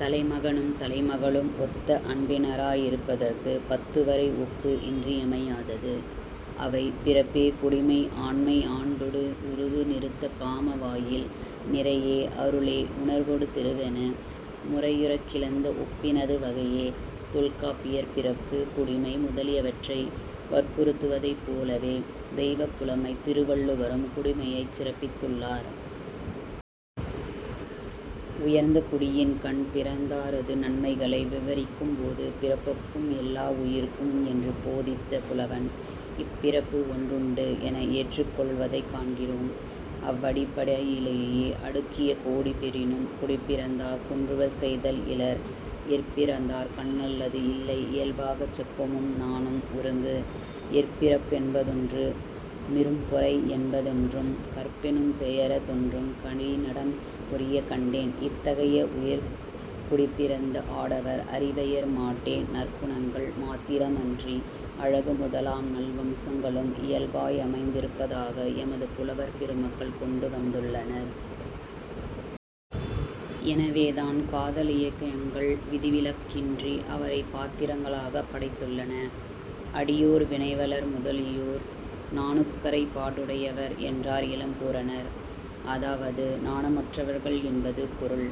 தலைமகனும் தலைமகளும் ஒத்த அன்பினராயிருப்பதற்குப் பத்துவரை ஒப்பு இன்றியமையாதது. அவை, பிறப்பே குடிமை ஆண்மை ஆண்டொடு உருவு நிறுத்த காம வாயில் நிறையே அருளே உணர்வொடு திருவென முறையுறக் கிளந்த ஒப்பினது வகையே தொல்காப்பியர் பிறப்பு, குடிமை முதலியவற்றை வற்புறுத்துவதைப் போலவே, தெய்வப் புலமைத் திருவள்ளுவரும், குடிமையைச் சிறப்பித்துள்ளார். உயர்ந்த குடியின்கண் பிறந்தாரது தன்மைகளை விவரிக்கும்போது, "பிறப்பொக்கும் எல்லா உயிர்க்கும்" என்று போதித்த புலவன், 'இப்பிறப்பு ஒன்றுண்டு' என ஏற்றுக் கொள்வதைக் காண்கிறோம். அவ்வடிப்படையிலேயே "அடுக்கிய கோடி பெறினும் குடிப்பிறந்தார் குன்றுவ செய்தல் இலர்" "இற்பிறந்தார் கண்ணல்லது இல்லை இயல்பாகச் செப்பமும் நாணும் ஒருங்கு" "இற்பிறப் பென்பதொன்று மிரும்பொறை யென்பதொன்றும் கற்பெனும் பெயர தொன்றுங் களிநடம் புரியக் கண்டேன்" இத்தகைய உயர்குடிப்பிறந்த ஆடவர் அரிவையர் மாட்டே, நற்குணங்கள், மாத்திரமன்றி அழகு முதலாம் நல்லம்சங்களும் இயல்பாயமைந்திருப்பதாக எமது புலவர் பெருமக்கள் கொண்டு வந்துள்ளனர். எனவேதான் காதலிலக்கியங்கள் விதிவிலக்கின்றி அவரைப் பாத்திரங்களாகப் படைத்துள்ளன. அடியோர், வினைவலர் முதலியோர் 'நாணுக்கறை பாடுடையவர்' என்றார் இளம்பூரணர். அதாவது நாணமற்றவர்கள் என்பது பொருள்.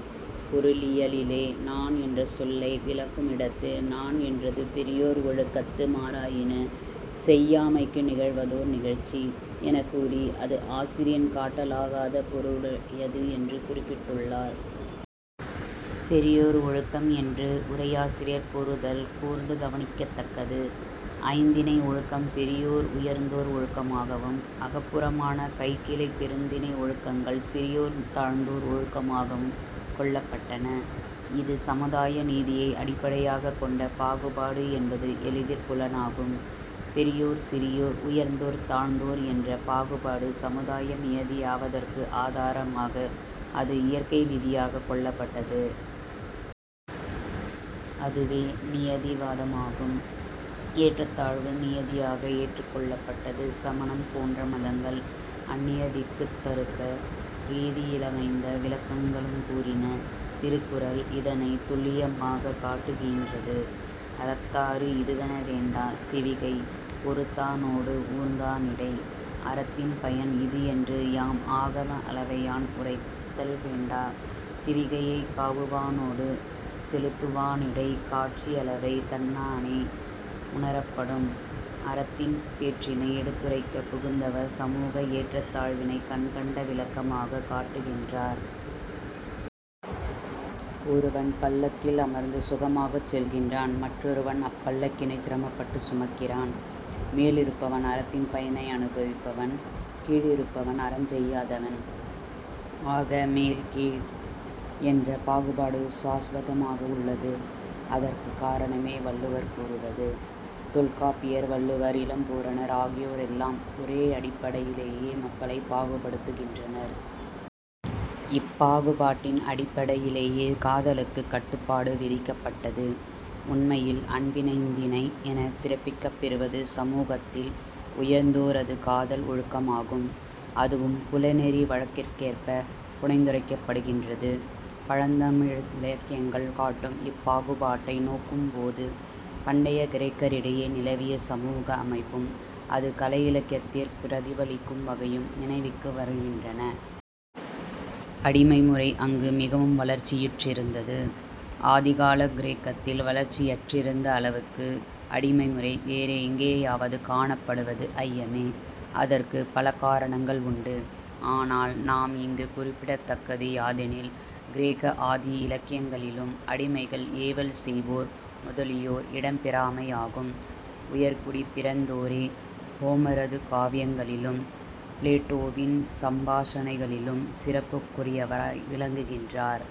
பொருளியலிலே 'நாண்' என்ற சொல்லை விளக்குமிடத்து, "நாண் என்றது-பெரியோர் ஒழுக்கத்து மாறாயின செய்யாமைக்கு நிகழ்வதோர் நிகழ்ச்சி" எனக்கூறி, அது ஆசிரியன் காட்டலாகாத பொருளுடையது என்று குறிப்பிட்டுள்ளார். 'பெரியோர் ஒழுக்கம்' என்று உரையாசிரியர் கூறுதல் கூர்ந்து கவனிக்கத்தக்கது. ஐந்திணை ஒழுக்கம் பெரியோர் உயர்ந்தோர்- ஒழுக்கமாகவும், அகப்புறமான கைக்கிளை பெருந்திணை ஒழுக்கங்கள் சிறியோர்-தாழ்ந்தோர் ஒழுக்கமாகவும் கொள்ளப்பட்டன. இது சமுதாய நீதியை அடிப்படையாகக் கொண்ட பாகுபாடு என்பது எளிதிற் புலனாகும். பெரியோர்-சிறியோர், உயர்ந்தோர் தாழ்ந்தோர், என்ற பாகுபாடு சமுதாய நியதியாவதற்கு ஆதாரமாக அது இயற்கை விதியாகக் கொள்ளப்பட்டது. அதுவே நியதிவாதமாகும். ஏற்றத்தாழ்வு நியதியாக ஏற்றுக்கொள்ளப்பட்டது. சமணம் போன்ற மதங்கள் அந்நியதிக்குத் தருக்க ரீதியிலமைந்த விளக்கங்களுங் கூறின. திருக்குறள் இதனைத் துல்லியமாகக் காட்டுகீன்றது: "அறத்தாறு இதுவென வேண்டா சிவிகை பொறுத்தானோடு ஊர்ந்தா னிடை" "அறத்தின் பயன் இது என்று யாம் ஆகம அளவையான் உணர்த்தல் வேண்டா; சிவிகையைக் காவுவானோடு செலுத்துவானிடைக் காட்சியளவை தன்னானே உணரப்படும்" அறத்தின் பேற்றினை எடுத்துரைக்கப் புகுந்தவர் சமூக ஏற்றத்தாழ்வினைக் கண்கண்ட விளக்கமாகக் காட்டுகின்றார். ஒருவன் பல்லக்கில் அமர்ந்து சுகமாகச் செல்கின்றான். மற்றொருவன் அப்பல்லக்கினைச் சிரமப்பட்டுச் சுமக்கிறான். மேலிருப்பவன் அறத்தின் பயனை அனுபவிப்பவன். கீழிருப்பவன் அறஞ்செய்யாதவன். ஆக, மேல், கீழ் என்ற பாகுபாடு சாசுவதமாக உள்ளது. அதற்குக் காரணமே வள்ளுவர் கூறுவது. தொல்காப்பியர், வள்ளுவர், இளம்பூரணர், ஆகியோரெல்லாம் ஒரேயடிப்படையிலேயே மக்களைப் பாகுபடுத்துகின்றனர். இப்பாகுபாட்டின் அடிப்படையிலேயே காதலுக்குக் கட்டுப்பாடு விதிக்கப்பட்டது. உண்மையில் அன்பினைந்திணை எனச் சிறப்பிக்கப்பெறுவது சமூகத்தில் உயர்ந்தோரது காதல் ஒழுக்கமாகும். அதுவும் புலனெறி வழக்கிற்கேற்பப் புனைந்துரைக்கப்படுகின்றது. பழந்தமிழிலக்கியங்கள் காட்டும் இப்பாகுபாட்டை நோக்கும் போது, பண்டைய கிரேக்கரிடையே நிலவிய சமூக அமைப்பும், அது கலை இலக்கியத்திற் பிரதிபலிக்கும் வகையும் நினைவிற்கு வருகின்றன. அடிமைமுறை அங்கு மிகவும் வளர்ச்சியுற்றிருந்தது. ஆதிகாலக் கிரேக்கத்தில் வளர்ச்சி யற்றிருந்த அளவுக்கு அடிமைமுறை வேறெங்கேயாவது காணப்படுவது ஐயமே. அதற்குப் பல காரணங்கள் உண்டு. ஆனால் நாம் இங்குக் குறிப்பிடத்தக்கது யாதெனில் கிரேக்க ஆதி இலக்கியங்களிலும் அடிமைகள், ஏவல் செய்வோர் முதலியோர் இடம் பெறாமையாகும். உயர்குடிப் பிறந்தோரே ஹோமரது காவியங்களிலும் பிளேட்டோவின் சம்பாஷணைகளிலும் சிறப்புக்குரியராய் விளங்குகின்றார்.